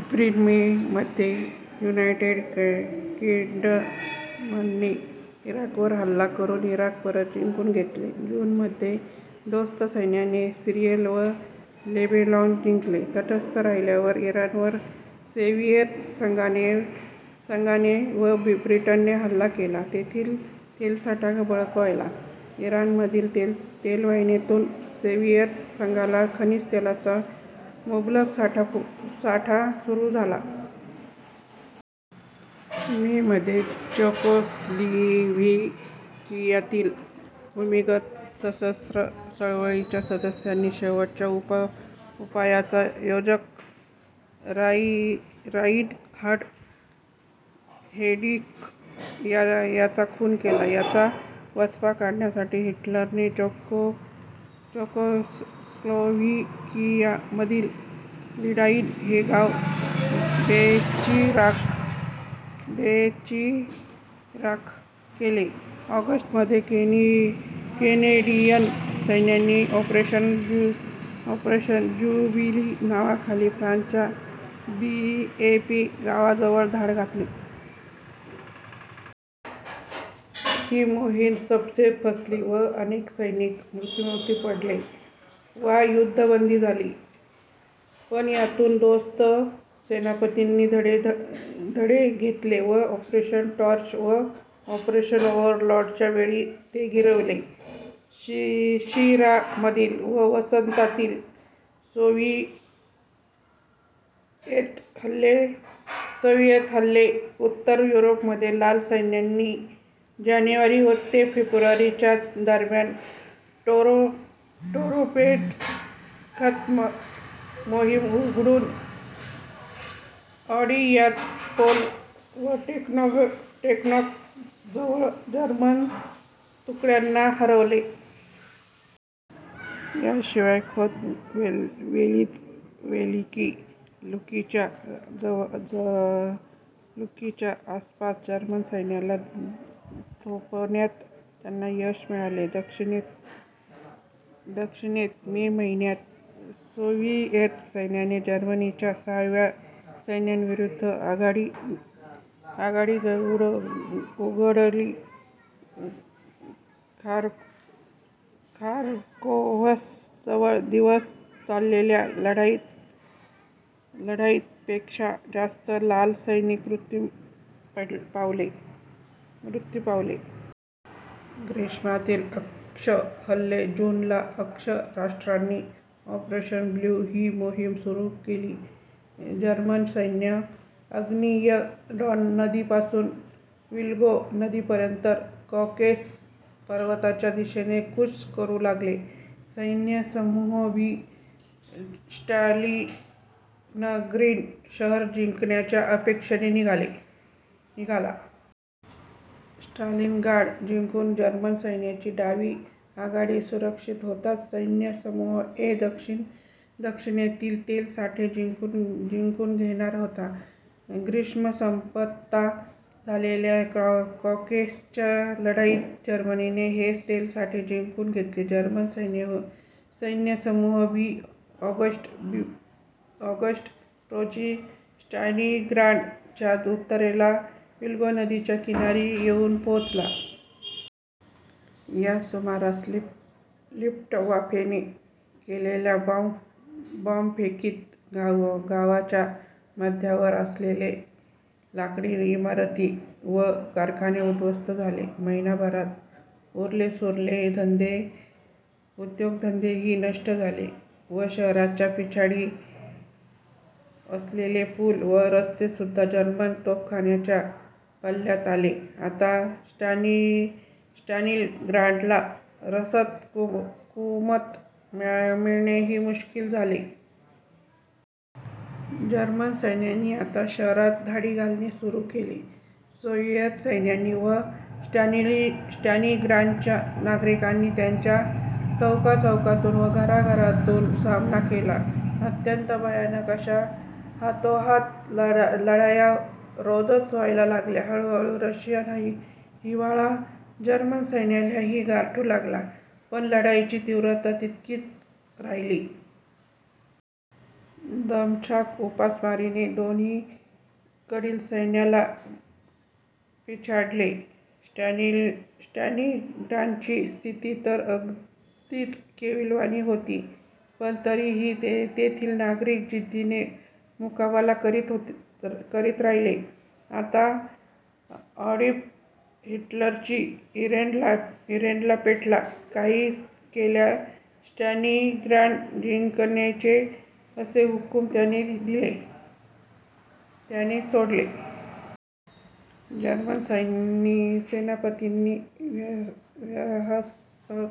April May मध्ये United किंग्डमने इराकवर हल्ला करून इराक परत जिंकून घेतले. जूनमध्ये दोस्त सैन्याने सीरिया व लेबेनॉन जिंकले. तटस्थ राहिलेल्या इराणवर सोव्हिएत संघाने व ब्रिटनने हल्ला केला व तेथील तेलसाठा बळकावला. इराणमधील तेलवाहिन्यांतून सोव्हिएत संघाला खनिज तेलाचा मुबलक पुरवठा सुरू झाला. मे मध्ये चेकोस्लोव्हेकियातील भूमिगत सशस्त्र चळवळीच्या सद्स्यांनी ' शेवटच्या उपायाचा ' योजक राइनहार्ड हेड्रिख याचा खून केला. याचा वचपा काढण्यासाठी हिटलरने चेकोस्लोव्हेकियामधील लिडाईस हे गाव बेचिराख केले. ऑगस्टमध्ये केनेडीयन सैनिकांनी ऑपरेशन ज्युबिली नावाखाली फ्रान्सच्या दियेपे गावाजवळ धाड घातली. ही मोहीम सपशेल फसली व अनेक सैनिक मृत्युमुखी पडले वा युद्धबंदी झाले पण यातून दोस्त सेनापतींनी धडे घेतले व ऑपरेशन टॉर्च व ऑपरेशन ओव्हरलॉर्डच्यावेळी ते गिरवले. शिशिरामधील व वसंतातील सोव्हिएत हल्ले उत्तर युरोपमध्ये लाल सैन्याने जानेवारी ते फेब्रुवारी च्या दरम्यान टोरोपेट्स-खोल्म मोहीम उघडुन अँड्रियापोल व देम्यान्स्कजवळ जर्मन तुकड्यांना हरवले. याशिवाय खोल्म, वेलिझ व वेलिकी लुकीच्या आसपास जर्मन सैन्याला थोपवण्यात त्यांना यश मिळाले. दक्षिणेत मे महिन्यात सोव्हिएत सैन्याने जर्मनीच्या सहाव्या सैन्याविरुद्ध आघाडी उघडली. खार्कोव्हजवळ दिवस चाललेल्या लढाईत, पेक्षा जास्त लाल सैनिक मृत्यू पावले. ग्रीष्मातील अक्ष हल्ले जून ला अक्ष राष्ट्रांनी ऑपरेशन ब्लू ही मोहीम सुरू केली. जर्मन सैन्य आग्नेयेला डॉन नदी पासून व्होल्गा नदीपर्यंत कॉकेसस पर्वतांच्या दिशेने कूच करू लागली. सैन्यसमूह बी स्टालिनग्राड शहर जिंकायच्या अपेक्षेने निघाला. स्टालिनग्राड जिंकून जर्मन सैन्याची डावी आघाडी सुरक्षित होताच सैन्यसमूह ए दक्षिणेतील तेलसाठे जिंकून घेणार होता. ग्रीष्म संपता झालेल्या कॉकेससच्या लढाईत जर्मनीने हे तेलसाठे जिंकून घेतले. जर्मन सैन्यसमूह बी ऑगस्ट, रोजी स्टालिनग्राडच्या उत्तरेला व्होल्गा नदीच्या किनारी येऊन पोचला. यासुमारास लुफ्तवाफेने केलेल्या बॉम्बफेकीत गावाच्या मध्यावर असलेल्या लाकडी इमारती व कारखाने उद्ध्वस्त झाले. महिन्याभरात उरलेसुरले उद्योग-धंदेही नष्ट झाले व शहराच्या पिछाडीस असलेले पूल व रस्तेसुद्धा जर्मन तोफखान्याच्या पल्ल्यात आले. आता स्टालिनग्राडला रसद/कुमक मिळणेही मुश्किल झाले. जर्मन सैन्याने आता शहरात धाडी घालणे सुरू केले. सोव्हिएत सैनिकांनी व स्टालिनग्राडच्या नागरिकांनी त्यांचा चौकाचौकातून व घराघरातून सामना केला. अत्यंत भयानक अश्या हातोहात लढाया रोजच व्हायला लागल्या. हळूहळू रशियन हिवाळा जर्मन सैन्यालाही गारठू लागला पण लढाईची तीव्रता तितकीच राहिली. दमछाक व उपासमारीने दोन्हीकडील सैन्याला पछाडले. स्टालिनग्राडची स्थिती तर अगदीच केविलवाणी होती पण तरीही तेथील नागरिक जिद्दीने मुकाबला करीत राहिले. आता ॲडॉल्फ हिटलरही ईरेला पेटला. काही केल्या स्टालिनग्राड जिंकायचेच असे हुकुम त्याने सोडले. जर्मन सेनापतींनी व्यूहात्मक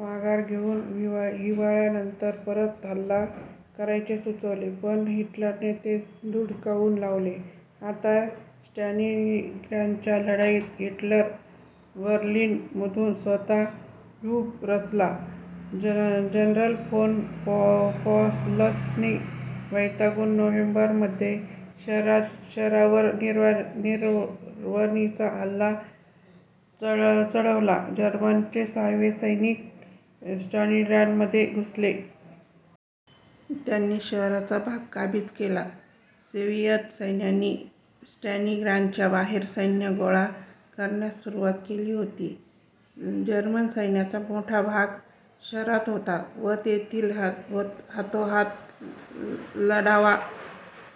माघार घेउन हिवाळ्यानंतर परत हल्ला करायचे सुचवले पण हिटलरने ते धुडकावून लावले. आता स्टालिनग्राडच्या लढाईत हिटलर बर्लिनमधून स्वतः व्यूह रचू लागला. जनरल फोन पॉलसने वैतागून नोव्हेंबरमध्ये शहरावर निर्वाणीचा हल्ला चढवला जर्मनीचे सहावे सैन्य स्टालिनग्राडमध्ये घुसले. त्यांनी शहराचा भाग काबीज केला. सोव्हिएत सैन्याने स्टालिनग्राडच्या बाहेर सैन्य गोळा करण्यास सुरुवात केलेली होती. जर्मन सैन्याचा मोठा भाग शहरात होता व तेथील हातोहात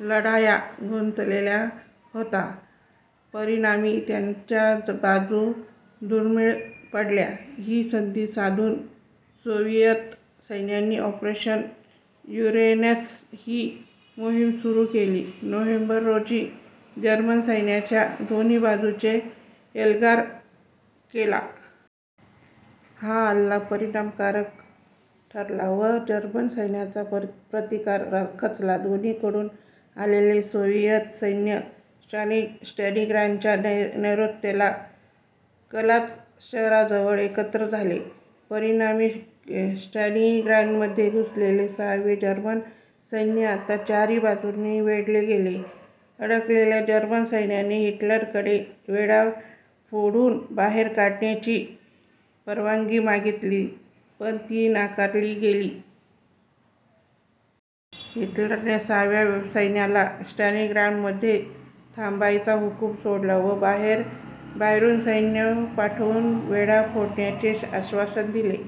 लढायां गुंतलेला होता. परिणामी त्यांच्या बाजू दुबळ्या पडल्या. ही संधी साधून सोव्हिएत सैन्याने ऑपरेशन युरेनस ही मोहीम सुरू केली व नोव्हेंबर रोजी जर्मन सैन्याच्या दोन्ही बाजूने एल्गार केला. हा हल्ला परिणामकारक ठरला व जर्मन सैन्याचा प्रतिकार खचला. दोन्हीकडून आलेले सोव्हिएत सैन्य स्टालिनग्राडच्या नैर्ऋत्येला कलाच शहराजवळ एकत्र झाले. परिणामी स्टालिनग्राडमध्ये घुसलेले सहावे जर्मन सैन्य आता चारही बाजूंनी वेढले गेले. अडकलेल्या जर्मन सैन्याने हिटलरकडे वेढा फोडून बाहेर पडण्याची परवानगी मागितली पण ती नाकारली गेली. हिटलरने सहाव्या सैन्याला स्टालिनग्राडमध्येच थांबायचा हुकुम सोडला व बाहेरून सैन्य पाठवून वेढा फोडण्याचे आश्वासन दिले.